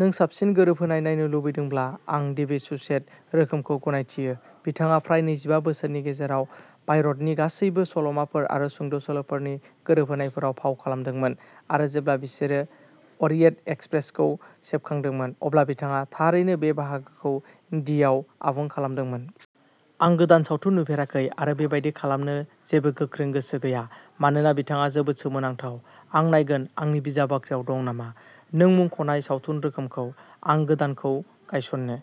नों साबसिन गोरोबहोनाय नायनो लुबैदोंब्ला, आं डेभिड सुचेत रोखोमखौ गनायथियो। बिथाङा फ्राय नैजिबा बोसोरनि गेजेराव पायर'टनि गासैबो सल'माफोर आरो सुंद'सल'फोरनि गोरोबहोनायफोराव फाव खालामदोंमोन, आरो जेब्ला बिसोरो अरियेन्ट एक्सप्रेसखौ सेबखांदोंमोन, अब्ला बिथाङा थारैनो बे बाहागोखौ दिआव आबुं खालामदोंमोन। आं गोदान सावथुन नुफेराखै आरो बेबादि खालामनो जेबो गोख्रों गोसो गैया, मानोना बिथांनिआ जोबोद सोमोनांथाव। आं नायगोन आंनि बिजाब बाख्रियाव दं नामा। नों मुंख'नाय सावथुन रोखोमखौ। आं गोदानखौ गनायस'नो।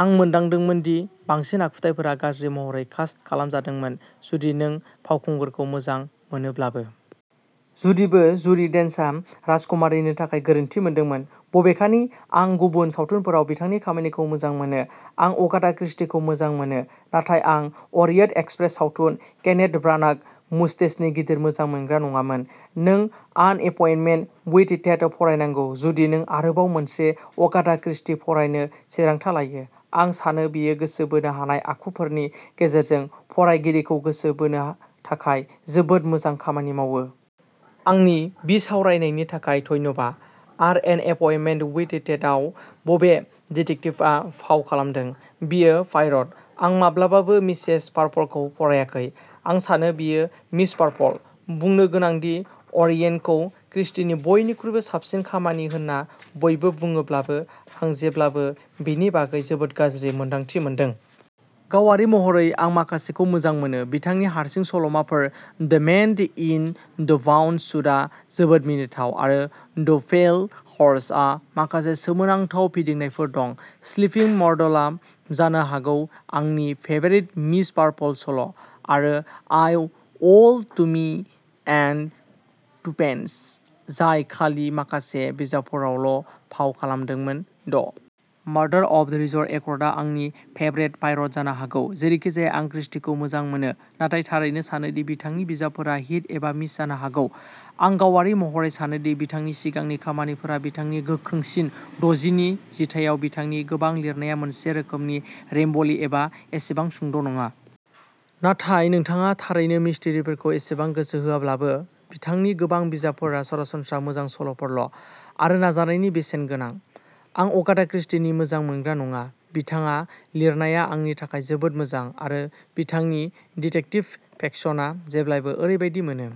आं मोनदांदोंमोन दि बांसिन आखुथाइफोरा गाज्रि महरै कास्ट खालामजादोंमोन, जुदि आं फावखुंगुरखौ मोजां मोनोब्लाबो। जुदिबो जुडी डेन्चआ राजकुमारीनि थाखाय गोरोन्थि मोनदोंमोन, बबेखानि आं गुबुन सावथुनफोराव बिथांनि खामानिखौ मोजां मोनो। आं अगाथा क्रिस्टीखौ मोजां मोनो, नाथाय आं अरियेन्ट एक्सप्रेस सावथुन, केनेथ ब्रानाग, मुस्टेसनि गिदिर मोजां मोनग्रा नङामोन। नों आन एपइन्टमेन्ट विद डेथ फरायनांगौ जुदि नों आरोबाव मोनसे अगाथा क्रिस्टी फरायनो थिरांथा लायो, आं सानो बेयो गोसो बोनो हानाय आखुफोरनि गेजेरजों फरायगिरिखौ गोसो बोनो थाखाय जोबोद मोजां खामानि मावो। आंनि बिसावरायनायनि थाखाय धन्यबा, आर एन एपइन्टमेन्ट विद डेथआव बबे डिटेक्टिभआ फाव खालामदों? बेयो पायर'ट! आं माब्लाबाबो मिसेस मार्पलखौ फरायाखै! आं सानो बेयो मिस मार्पल। बुंनो गोनां दि अरियेन्टखौ क्रिस्टीनि बयनिख्रुइ साबसिन खामानि होन्ना बयबो बुङोब्लाबो, आं जेब्लाबो बेनि बागै जोबोद गाज्रि मोन्दांथि मोनदों। गावारि महरै, आं माखासेखौ मोजां मोनो। बिथांनि हारसिं सल'माफोर 'द मैन इन द ब्राउन सूट'आ जोबोद मिनिथाव, आरो 'द पेल हार्स' आव माखासे सोमोनांथाव फिदिंनायफोर दं।'स्लीपिंग मर्डर'आ जानो हागौ आंनि फेबारिट मिस मार्पल सल', आरो I love Tommy and Tuppence, जाय खालि माखासे बिजाबफोरावल' फाव खालामदोंमोन।'द मर्डर ऑफ रोजर एक्रयड'आ आंनि फेबारिट पायरट जानो हागौ। जेरैखिजाया, आं क्रिस्टीखौ मोजां मोनो, नाथाय थारैनो सानो दि बिथांनि बिजाबफोरा हिट एबा मिस जानो हागौ। आं गावारि महरै सानो दि बिथांनि सिगांनि खामानिफोरा बिथांनि गोख्रोंसिन-द'जि नि जिथायाव बिथांनि गोबां लिरनाया मोनसे रोखोमनि रेम्बली आरो एसेबां सुंद' नङा। नाथाय नोंथाङा थारैनो मिस्टरीफोरखौ एसेबां गोसो होआब्लाबो, बिथांनि गोबां बिजाबफोरा सरासनस्रा मोजां सल'फोरल', आरो नाजानायनि बेसेन गोनां। आं अगाथा क्रिस्टीनि मोजां मोनग्रा नङा, बिथांनि लिरनाया आंनि थाखाय जोबोद मोजां, आरो बिथांनि डिटेक्टिभ फिक्शनआ जेब्लाबो ओरैबादि मोनो।